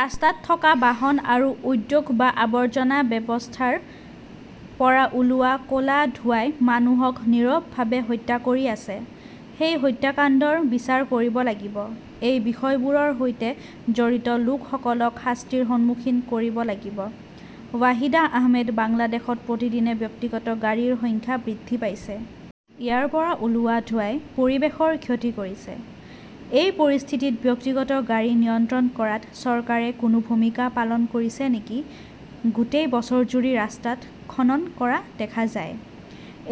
ৰাস্তাত থকা বাহন আৰু উদ্যোগ বা আৱৰ্জনা ব্যৱস্থাৰ পৰা ওলোৱা ক 'লা ধোঁৱাই মানুহক নীৰৱভাৱে হত্যা কৰি আছে। সেই হত্যাকাণ্ডৰ বিচাৰ কৰিব লাগিব। এই বিষয়বোৰৰ সৈতে জড়িত লোকসকলক শাস্তিৰ সন্মুখীন কৰিব লাগিব। ৱাহিদা আহমেদ বাংলাদেশত প্ৰতিদিনে ব্যক্তিগত গাড়ীৰ সংখ্যা বৃদ্ধি পাইছে। ইয়াৰ পৰা ওলোৱা ধোঁৱাই পৰিৱেশৰ ক্ষতি কৰিছে। এই পৰিস্থিতিত ব্যক্তিগত গাড়ী নিয়ন্ত্ৰণ কৰাত চৰকাৰে কোনো ভূমিকা পালন কৰিছে নেকি গোটেই বছৰজুৰি ৰাস্তাত খনন কৰা দেখা যায়।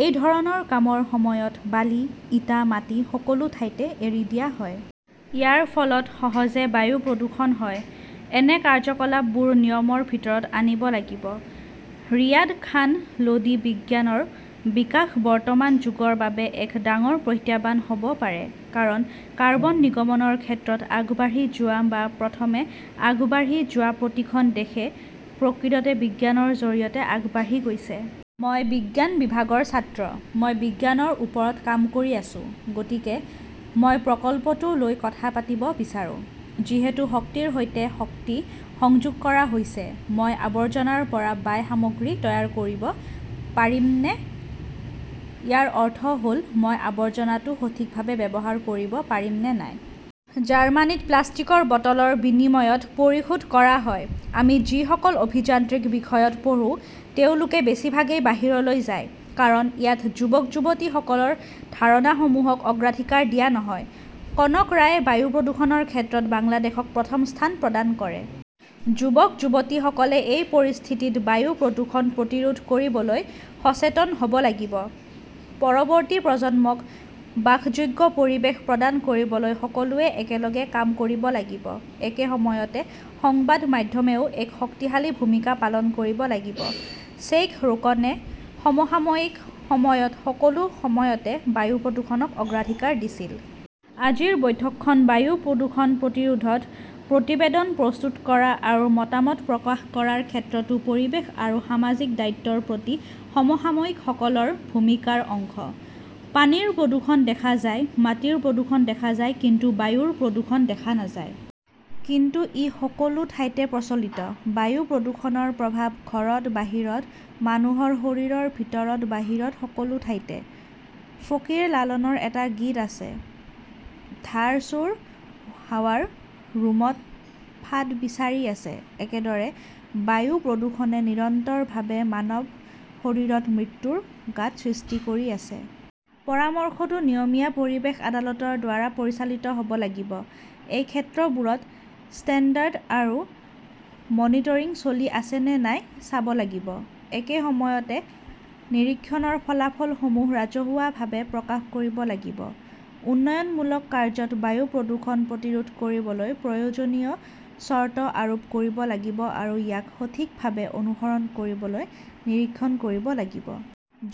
এই ধৰণৰ কামৰ সময়ত বালি, ইটা, মাটি সকলো ঠাইতে এৰি দিয়া হয়। ইয়াৰ ফলত সহজে বায়ু প্ৰদূষণ হয়। এনে কাৰ্যকলাপবোৰ নিয়মৰ ভিতৰত আনিব লাগিব। ৰিয়াদ খান লোদী বিজ্ঞানৰ বিকাশ বৰ্তমান যুগৰ বাবে এক ডাঙৰ প্ৰত্যাহ্বান হ 'ব পাৰে। কাৰণ, কাৰ্বন নিৰ্গমনৰ ক্ষেত্ৰত আগবাঢ়ি যোৱা বা প্ৰথমে আগবাঢ়ি যোৱা প্ৰতিখন দেশে প্ৰকৃততে বিজ্ঞানৰ জৰিয়তে আগবাঢ়ি গৈছে। মই বিজ্ঞান বিভাগৰ ছাত্ৰ। মই বিজ্ঞানৰ ওপৰত কাম কৰি আছো। গতিকে মই প্ৰকল্পটো লৈ কথা পাতিব বিচাৰো। যিহেতু শক্তিৰ সৈতে শক্তি সংযোগ কৰা হৈছে, মই আৱৰ্জনাৰ পৰা বাই সামগ্ৰী তৈয়াৰ কৰিব পাৰিমনে ইয়াৰ অৰ্থ হ’ল মই আৱৰ্জনাটো সঠিকভাৱে ব্যৱহাৰ কৰিব পাৰিম নে নাই। জাৰ্মানীত প্লাষ্টিকৰ বটলৰ বিনিময়ত পৰিশোধ কৰা হয়। আমি যিসকল অভিযান্ত্ৰিক বিষয়ত পঢ়োঁ, তেওঁলোক বেছিভাগেই বাহিৰলৈ যায়। কাৰণ, ইয়াত যুৱক-যুৱতীসকলৰ ধাৰণাসমূহক অগ্ৰাধিকাৰ দিয়া নহয়। কনক ৰয়ে বায়ু প্ৰদূষণৰ ক্ষেত্ৰত বাংলাদেশক প্ৰথম স্থান প্ৰদান কৰে। যুৱক-যুৱতীসকলে এই পৰিস্থিতিত বায়ু প্ৰদূষণ প্ৰতিৰোধ কৰিবলৈ সচেতন হ 'ব লাগিব। পৰৱৰ্তী প্ৰজন্মক বাসযোগ্য পৰিৱেশ প্ৰদান কৰিবলৈ সকলোৱে একেলগে কাম কৰিব লাগিব। একে সময়তে সংবাদ মাধ্যমেও এক শক্তিশালী ভূমিকা পালন কৰিব লাগিব। শ্বেইখ ৰোকনে সমসাময়িক সময়ত সকলো সময়তে বায়ু প্ৰদূষণক অগ্ৰাধিকাৰ দিছিল। আজিৰ বৈঠকখন বায়ু প্ৰদূষণ প্ৰতিৰোধত প্ৰতিবেদন প্ৰস্তুত কৰা আৰু মতামত প্ৰকাশ কৰাৰ ক্ষেত্ৰতো পৰিৱেশ আৰু সামাজিক দায়িত্বৰ প্ৰতি সমসাময়িকসকলৰ ভূমিকাৰ অংশ। পানীৰ প্ৰদূষণ দেখা যায়, মাটিৰ প্ৰদূষণ দেখা যায়, কিন্তু বায়ুৰ প্ৰদূষণ দেখা নাযায়। কিন্তু ই সকলো ঠাইতে প্ৰচলিত। বায়ু প্ৰদূষণৰ প্ৰভাৱ ঘৰত-বাহিৰত, মানুহৰ শৰীৰৰ ভিতৰত-বাহিৰত, সকলো ঠাইতে। ফকীৰ লালনৰ এটা গীত আছে ধাৰ চোৰ হাৱাৰ ৰুমত ফাঁদ বিচাৰি আছে । একেদৰে, বায়ু প্ৰদূষণে নিৰন্তৰভাৱে মানৱ শৰীৰত মৃত্যুৰ গাঁত সৃষ্টি কৰি আছে। পৰামৰ্শটো নিয়মীয়া পৰিৱেশ আদালত ৰ দ্বাৰা পৰিচালিত হ' ব লাগিব। এই ক্ষেত্ৰবোৰত ষ্টেণ্ডাৰ্ড আৰু মনিটৰিং চলি আছে নে নাই চাব লাগিব। একে সময়তে, নিৰীক্ষণৰ ফলাফলসমূহ ৰাজহুৱাভাৱে প্ৰকাশ কৰিব লাগিব। উন্নয়নমূলক কাৰ্য্যত বায়ু প্ৰদূষণ প্ৰতিৰোধ কৰিবলৈ প্ৰয়োজনীয় চৰ্ত আৰোপ কৰিব লাগিব আৰু ইয়াক সঠিকভাৱে অনুসৰণ কৰিবলৈ নিৰীক্ষণ কৰিব লাগিব।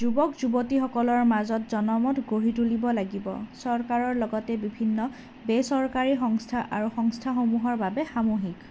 যুৱক-যুৱতীসকলৰ মাজত জনমত গঢ়ি তুলিব লাগিব। চৰকাৰৰ লগতে বিভিন্ন বেচৰকাৰী সংস্থা আৰু সংস্থাসমূহৰ বাবে সামূহিক